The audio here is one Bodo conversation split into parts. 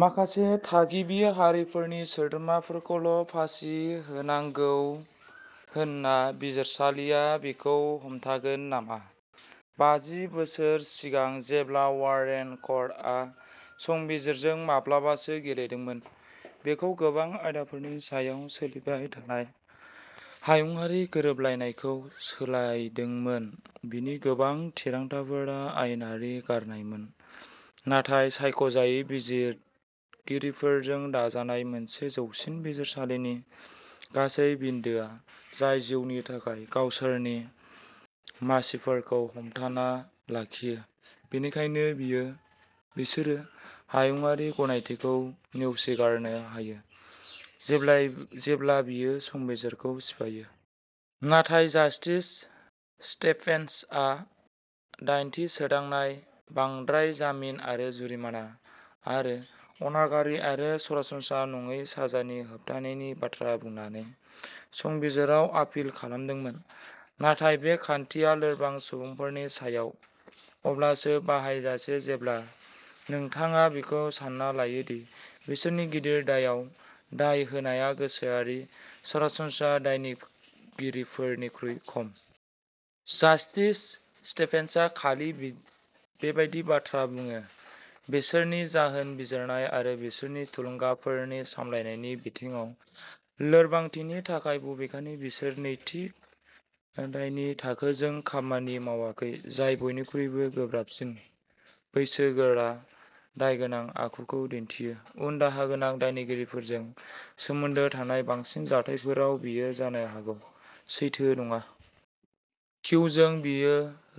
माखासे थागिबि हारिफोरनि सोद्रोमाफोरखौल' फासि होनांगौ होनना बिजिरसालिया बेखौ हमथागोन नामा? बाजि बोसोर सिगां, जेब्ला वारेन कर्टआ संबिजिरजों माब्लाबासो गेलेदोंमोन, बेयो गोबां आयदाफोरनि सायाव सोलिबाय थानाय हायुङारि गोरोबलायनाय खौ सोलायदोंमोन। बेनि गोबां थिरांथाफोरा आयेनारि गारनायमोन, नाथाय सायख'जायि बिजिरगिरिफोरजों दाजानाय मोनसे जौसिन बिजिरसालिनि गासै बिन्दोआ जाय जिउनि थाखाय गावसोरनि मासिफोरखौ हमथाना लाखियो, बेनिखायनो बियो बिसोरो हायुङारि गनायथिखौ नेवसिगारनो हायो जेब्लाय जेब्ला बेयो संबिजिरखौ सिफायो। नाथाय जास्टिस स्टेभेन्सआ दाइनथि सोदांनाय बांद्राय जामिन आरो जुरिमाना आरो अनागारि आरो सरासनस्रा नङै साजा नि होबथानायनि बाथ्रा बुंनानै संबिजिराव आपिल खालामदोंमोन। नाथाय बे खान्थिया लोरबां सुबुंफोरनि सायाव अब्लासो बाहायजासे जेब्ला नोंथाङा बेखौ सान्ना लायो दि बिसोरनि गिदिर दायआव दाय होनाया गोसोआरि सरासनस्रा दायगिरिफोरनिख्रुइ खम। जास्टिस स्टेभेन्सआ खालि बेबादि बाथ्रा बुङो बिसोरनि जाहोन बिजिरनाय आरो बिसोरनि थुलुंगाफोरनि सामलायनायनि बिथिङाव लोरबांथिनि थाखाय बबेखानि बिसोर नैतिक दायनि थाखोजों खामानि मावाखै जाय बयनिख्रुइबो गोब्राबसिन बैसोगोरा दायगोनां आखुखौ दिन्थियो। उनदाहा गोनां दायनिगिरिफोरजों सोमोन्दो थानाय बांसिन जाथायफोराव बेयो जानो हागौ सैथो नङा। किउ जों, बेयो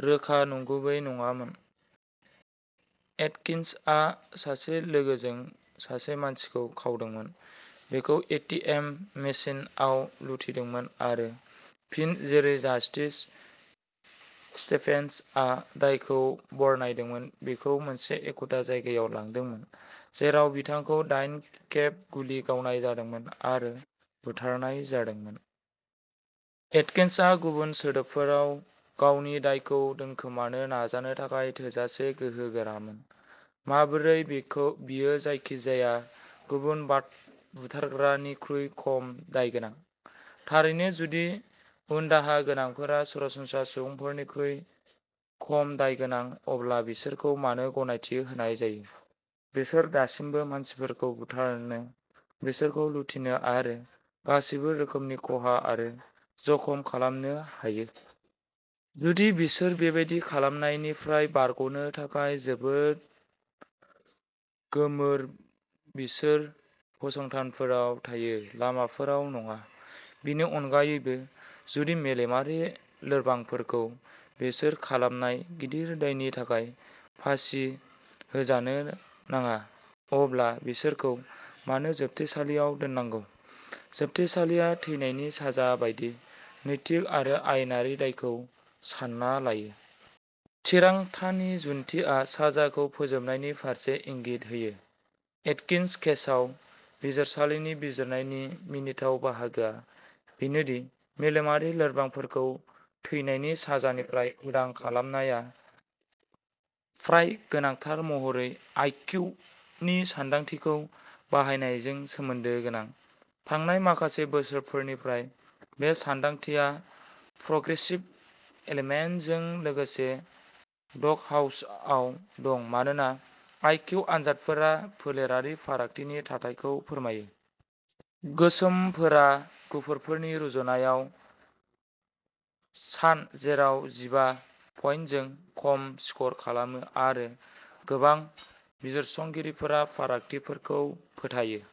रोखा नंगुबै नङामोन। एटकिन्सआ सासे लोगोजों सासे मानसिखौ खावदोंमोन बिखौ ए टि एम मेसिनआव लुथिदोंमोन आरो फिन, जेरै जास्टिस स्टिभेन्सआ दायखौ बरनायदोंमोन बिखौ मोनसे एखुथा जायगायाव लांदोंमोन जेराव बिथांखौ दाइन खेब गुलि गावनाय जादोंमोन आरो बुथारनाय जादोंमोन। एटकिन्सआ गुबुन सोदोबफोराव, गावनि दायखौ दोनखोमानो नाजानो थाखाय थोजासे गोहोगोरामोन। माबोरै बिखौ बियो जायखिजाया गुबुन बाथ बुथारग्रानिख्रुइ खम दायगोनां? थारैनो जुदि उनदाहा गोनांफोरा सरासनस्रा सुबुंफोरनिख्रुइ खम दायगोनां अब्ला बिसोरखौ मानो गनायथि होनाय जायो? बिसोर दासिमबो मानसिफोरखौ बुथारनो बिसोरखौ लुथिनो आरो गासैबो रोखोमनि खहा आरो जखम खालामनो हायो। जुदि बिसोर बेबादि खालामनायनिफ्राय बारग'नो थाखाय जोबोद गोमोर बिसोर फसंथानफोराव थायो, लामाफोराव नङा। बेनि अनगायैबो जुदि मेलेमारि लोरबांफोरखौ बिसोर खालामनाय गिदिर दायनि थाखाय फासि होजानो नाङा अब्ला बिसोरखौ मानो जोबथेसालियाव दोननांगौ? जोबथेसालिया थैनायनि साजा बायदि नैतिक आरो आयेनारि दायखौ सानना लायो। थिरांथानि जुक्तिआ साजाखौ फोजोबनायनि फारसे इंगित होयो। एटकिन्स केसआव बिजिरसालिनि बिजिरनायनि मिनिथाव बाहागोआ बेनो दि मेलेमारि लोरबांफोरखौ थैनायनि साजानिफ्राय उदां खालामनाया फ्राय गोनांथार महरै आइ किउ नि सानदांथिखौ बाहायनायजों सोमोन्दो गोनां। थांनाय माखासे बोसोरफोरनिफ्राय बे सानदांथिया प्रग्रेसिभ एलिमेन्टजों लोगोसे डगहाउसाव दं मानोना आइ किउ आनजादफोरा फोलेरारि फारागथिनि थाथायखौ फोरमायो। गोसोमफोरा गुफुरफोरनि रुजुनायाव सानजेराव जिबा पइन्टजों खम स्कर खालामो आरो गोबां बिजिरसंगिरिफोरा फारागथिफोरखौ फोथायो।